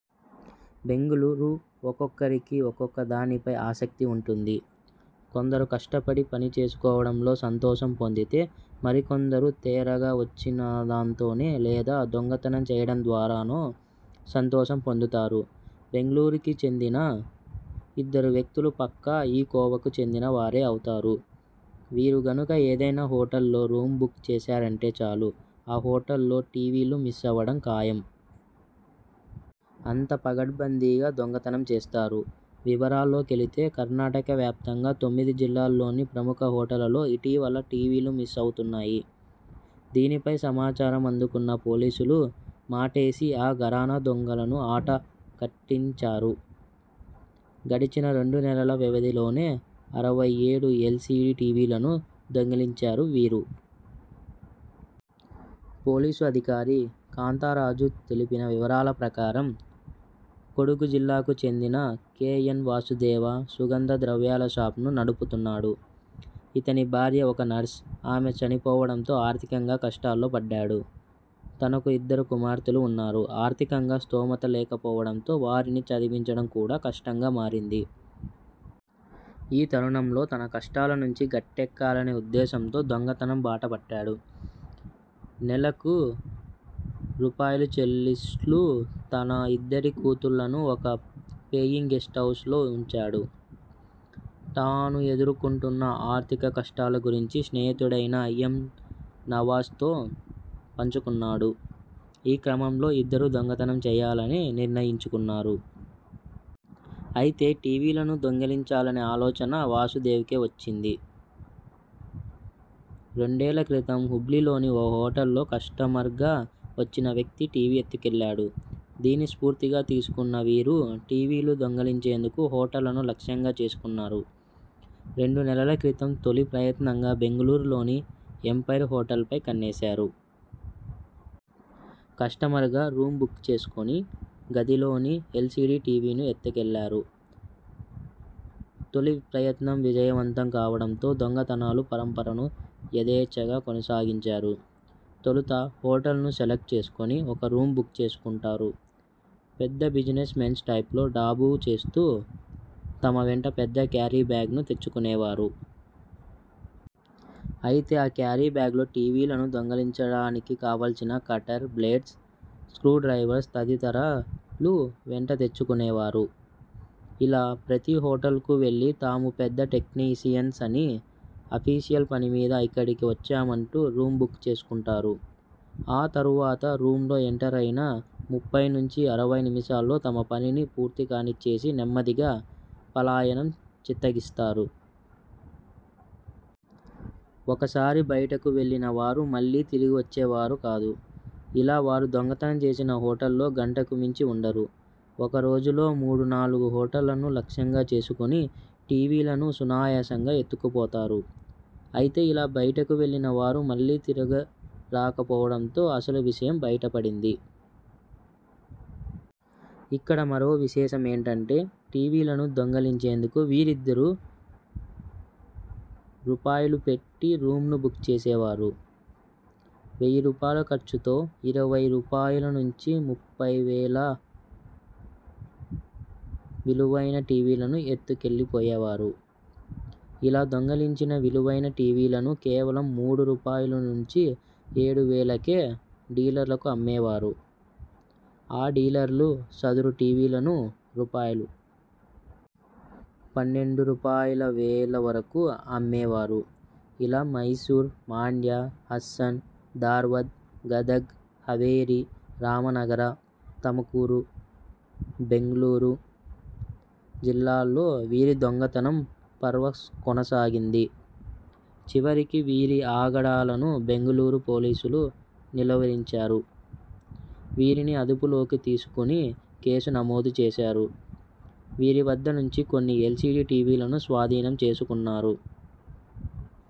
బెంగళూరు ఒక్కొక్కరికి ఒక్కొక్క దానిపై ఆసక్తి ఉంటుంది. కొందరు కష్టపడి పనిచేసుకోవడంలో సంతోషం పొందితే మరికొందరు తేరగా వచ్చినదాంతోనో లేదా దొంగతనం చేయడం ద్వారానో సంతోషం పొందుతారు. బెంగళూరుకు చెందిన ఇద్దరు వ్యక్తులు పక్కా ఈ కోవకు చెందిన వారే అవుతారు. వీరు గనుక ఏదైనా హోటల్లో రూమ్ బుక్ చేశారంటే చాలు ఆ హోటల్లో టీవీలు మిస్ అవడం ఖాయం. అంత పకడ్బందీగా దొంగతనం చేస్తారు. వివరాల్లోకెళితే.. కర్ణాటక వ్యాప్తంగా తొమ్మిది జిల్లాల్లోని ప్రముఖ హోటళ్లలో ఇటీవల టీవీలు మిస్ అవుతున్నాయి. దీనిపై సమాచారం అందుకున్న పోలీసులు మాటేసి ఆ ఘరానా దొంగలను ఆట కట్టించారు. గడిచిన రెండు నెలల వ్యవధిలోనే అరవై ఏడు ఎల్సీడీ టీవీలను దొంగిలించారు వీరు. పోలీసు అధికారి కాంతారాజు తెలిపిన వివరాల ప్రకారం.. కొడగు జిల్లాకు చెందిన కె. ఎన్ వాసుదేవ సుగంధ ద్రవ్యాల షాప్ను నడుపుతున్నాడు. ఇతని భార్య ఒక నర్స్.. ఆమె చనిపోవడంతో ఆర్థికంగా కష్టాల్లో పడ్డాడు. తనకు ఇద్దరు కుమార్తెలు ఉన్నారు. ఆర్థికంగా స్థోమత లేకపోవడంతో వారిని చదివించడం కూడా కష్టంగా మారింది. ఈ తరుణంలో తన కష్టాల నుంచి గట్టేక్కాలనే ఉద్దేశంతో దొంగతనం బాటపట్టాడు. నెలకు రూపాయలు. చెల్లిస్లూ తన ఇద్దరి కూతుళ్లను ఒక పెయింగ్ గెస్ట్ హౌస్లో ఉంచాడు. తాను ఎదుర్కొంటున్న ఆర్థిక కష్టాల గురించి స్నేహితుడైన ఎం నవాజ్తో పంచుకున్నాడు. ఈ క్రమంలో ఇద్దరూ దొంగతనం చేయాలని నిర్ణయించుకున్నారు. అయితే టీవీలను దొంగిలించాలనే ఆలోచన వాసుదేవకే వచ్చేంది. రెండేళ్ల క్రితం హుబ్లీలోని ఓ హోటల్లో కస్టమర్గా వచ్చిన వ్యక్తి టీవీ ఎత్తుకెళ్లాడు. దీన్ని స్ఫూర్తిగా తీసుకున్న వీరు.. టీవీలు దొంగిలించేందుకు హోటళ్లను లక్ష్యంగా చేసుకున్నారు. రెండు నెలల క్రితం తొలి ప్రయత్నంగా బెంగళూరులోని ఎంపైర్ హోటల్పై కన్నేశారు. కస్టమర్గా రూమ్ బుక్ చేసుకుని గదిలోని ఎల్సీడీ టీవీని ఎత్తుకెళ్లారు. తొలి ప్రయత్నం విజయవంతం కావడంతో దొంగతనాల పరంపరను యధేచ్చగా కొనసాగించారు. తొలుత హోటల్ను సెలెక్ట్ చేసుకుని ఒక రూమ్ బుక్ చేసుకుంటారు. పెద్ద బిజినెస్ మెన్స్ టైప్లో డాబు చేస్తూ తమ వెంట పెద్ద క్యారీ బ్యాగ్ను తెచ్చుకునేవారు. అయితే ఆ క్యారీ బ్యాగ్లో టీవీలను దొంగిలించడానికి కావాల్సిన కటర్, బ్లేడ్స్, స్క్రూ డ్రైవర్స్.. తదితరాలు వెంటతెచ్చుకునేవారు. ఇలా ప్రతీ హోటల్కు వెళ్లి తాము పెద్ద టెక్నీషియన్స్ అని.. అఫీషియల్ పనిమీద ఇక్కడికి వచ్చామంటూ రూమ్ బుక్ చేసుకుంటారు. ఆ తరువాత రూమ్లో ఎంటరైన ముప్పై నుంచి అరవై నిమిషాల్లో తమ పనిని పూర్తికానిచ్చేసి నెమ్మదిగా పలాయనం చిత్తగిస్తారు. ఒకసారి బయటకు వెళ్లిన వారు మళ్లీ తిరిగి వచ్చేవారు కాదు. ఇలా వారు దొంగతనం చేసిన హోటల్లో గంటకు మించి ఉండరు. ఒక్కరోజులో మూడు, నాలుగు హోటళ్లను లక్ష్యంగా చేసుకొని టీవీలను సునాయాసంగా ఎత్తుకుపోతారు. అయితే ఇలా బయటకు వెళ్లిన వారు మళ్లీ తిరిగి రాకపోవడంతో అసలు విషయం బయటపడింది. ఇక్కడ మరో విశేషమేంటంటే.. టీవీలను దొంగిలించేందుకు వీరిద్దరూ రూపాయలుపెట్టి రూమ్ను బుక్ చేసేవారు. వెయ్యి రూపాయలు ఖర్చుతో ఇరవై రూపాయలునుంచి ముప్పై వేల విలువైన టీవీలను ఎత్తుకెళ్లిపోయేవారు. ఇలా దొంగిలించిన విలువైన టీవీలను కేవలం మూడు రూపాయలునుంచి ఏడు వేలకు డీలర్లకు అమ్మేవారు. ఆ డీలర్లు సదరు టీవీలను రూపాయలు పన్నెండు రూపాయలువేల వరకు అమ్మేవారు. ఇలా మైసూర్, మాండ్య, హస్సన్, ధార్వద్, గదగ్, హవెరీ, రామనగర, తమకురు, బెంగళూరు జిల్లాల్లో వీరి దొంగతనం పర్వ కొనసాగింది. చివరికి వీరి ఆగడాలను బెంగళూరు పోలీసులు నిలువరించారు. వీరిని అదుపులోకి తీసుకుని కేసు నమోదుచేశారు. వీరి వద్ద నుంచి కొన్ని ఎల్సీడీ టీవీలను స్వాధీనం చేసుకున్నారు.